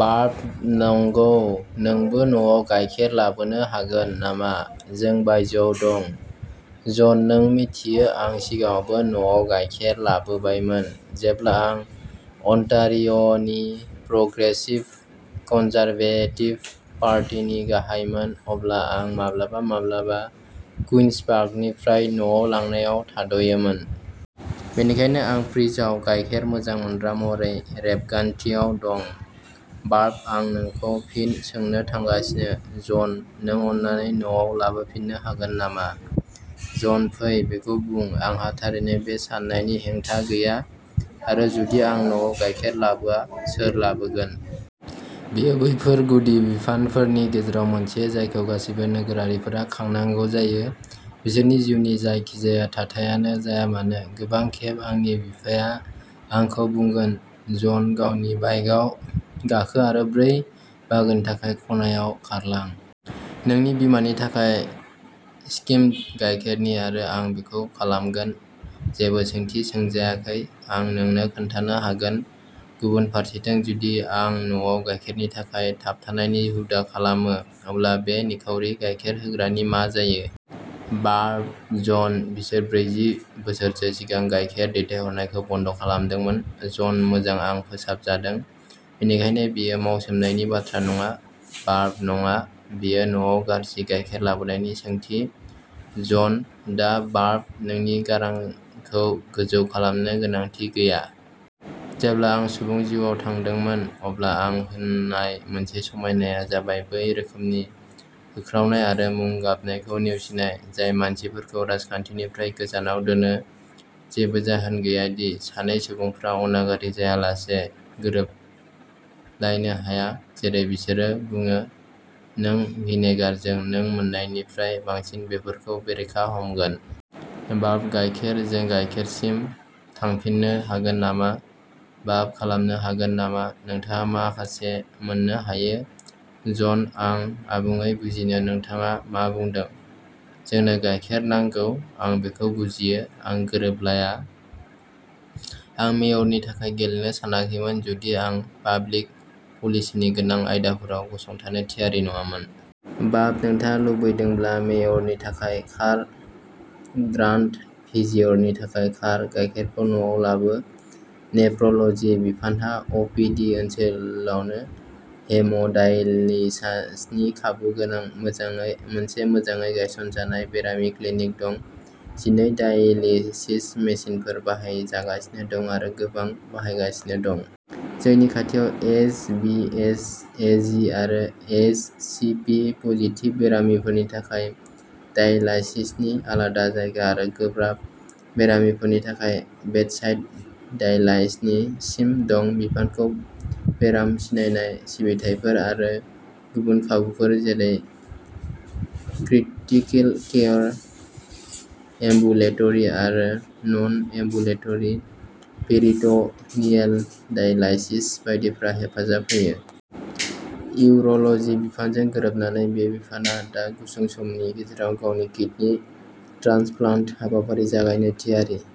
Barb नंगौ, नोंबो न'आव गाइखेर लाबोनो हागोन नामा? जों बायजोआव दं। जन नों मिथियो, आं सिगाङावबो न'आव गाइखेर लाबोबायमोन। जेब्ला आं अनटारिय'नि प्रग्रेसिभ कनजारभेटिभ पार्टिनि गाहायमोन, अब्ला आं माब्लाबा-माब्लाबा कुइन्स पार्कनिफ्राय न'आव लांनायाव थाद'योमोन। बेनिखायनो आं फ्रिजआव गाइखेर मोजां मोनग्रा महरै रेबगान्थियाव दं। बार्ब आं नोंखौ फिन सोंनो थांगासिनो, जन। नों अन्नानै न'आव लाबोफिननो हागोन नामा? जन फै, बेखौ बुं। आंहा थारैनो बे साननायनि हेंथा गैया। आरो जुदि आं न'आव गाइखेर लाबोआ, सोर लाबोगोन? बेयो बैफोर गुदि बिबानफोरनि गेजेराव मोनसे जायखौ गासैबो नोगोरारिफोरा खांनांगौ जायो, बिसोरनि जिउनि जायखिजाया थाथायानो जाया मानो। गोबां खेब आंनि बिफाया आंखौ बुंगोन, जन, गावनि बाइकाव गाखो आरो ब्रै बाहागोनि थाखाय खनायाव खारलां। नोंनि बिमानि थाखाय सिकिम गाइखेरनि आरो आं बेखौ खालामगोन, जेबो सोंथि सोंजायाखै, आं नोंनो खोन्थानो हागोन। गुबुन फारसेथिं, जुदि आं न'आव गाइखेरनि थाखाय थाबथानायनि हुदा खालामो, अब्ला बे निखावरि गाइखेर होग्रानि मा जायो? बार्ब जन, बिसोर ब्रैजि बोसोरसो सिगां गाइखेर दैथायहरनायखौ बन्द खालामदोंमोन। जनः मोजां आं फोसाबजादों। बेनिखायनो बेयो मावसोमनायनि बाथ्रा नङा। बार्बः नङा, बेयो न'आव गाज्रि गायखेर लाबोनायनि सोंथि। जनः दा, बार्ब, नोंनि गारांखौ गोजौ खालामनो गोनांथि गैया। जेब्ला आं सुबुं जिउआव थांदोंमोन, अब्ला आं होनाय मोनसे समायनाया जाबाय बै रोखोमनि होख्रावनाय आरो मुं-गाबनायखौ नेवसिनाय जाय मानसिफोरखौ राजखान्थिनिफ्राय गोजानाव दोनो। जेबो जाहोन गैया दि सानै सुबुंफोरा अनागारि जायालासे गोरोबलायनो हाया। जेरै बिसोरो बुङो, नों भिनेगारजों नों मोन्नायनिफ्राय बांसिन बेफोरखौ बेरेखा हमगोन। बार्बः गायखेर। जों गाइखेरसिम थांफिननो हागोन नामा? बाब: खालामनो हागोन नामा, नोंथाङा माखासे मोननो हायो? जनः आं आबुङै बुजियो नोंथाङा मा बुंदों। जोंनो गायखेर नांगौ। आं बेखौ बुजियो। आं गोरोबलाया। आं मेयरनि थाखाय गेलेनो सानाखैमोन जुदि आं पाब्लिक पलिसीनि गोनां आयदाफोराव गसंथानो थियारि नङामोन। बाब: नोंथाङा लुबैदोंब्ला मेयरनि थाखाय खार। ग्रान्ड भिजियरनि थाखाय खार। गायखेरखौ न'आव लाबो। नेफ्र'ल'जी बिफानहा अ पि डि ओनसोलावनो हेमोडायलिसासनि खाबु गोनां मोनसे मोजाङै गायसनजानाय बेरामि क्लिनिक दं। जिनै डायलिसिस मेसिनफोर बाहायजागासिनो दं आरो गोबां बायगासिनो दं। जोंनि खाथियाव H B S A G आरो एइच सि भि पजिटिभ बेरामिफोरनि थाखाय डायलाइसिसनि आलादा जायगा आरो गोब्राब बेरामिफोरनि थाखाय बेडसाइड डायलाइससिम दं। बिफानखौ बेराम सिनायनाय सिबिथाइफोर आरो गुबुन खाबुफोर जेरै क्रिटिकेल केयार, एम्बुलेटरी आरो नन-एम्बुलेटरी पेरिट'नियेल डायलाइसिस बायदिफोरा हेफाजाब होयो। इउर'ल'जी बिफानजों गोरोबनानै, बे बिफानआ दा गुसुं समनि गेजेराव गावनि किडनि ट्रान्सप्लान्ट हाबाफारि जागायनो थियारि।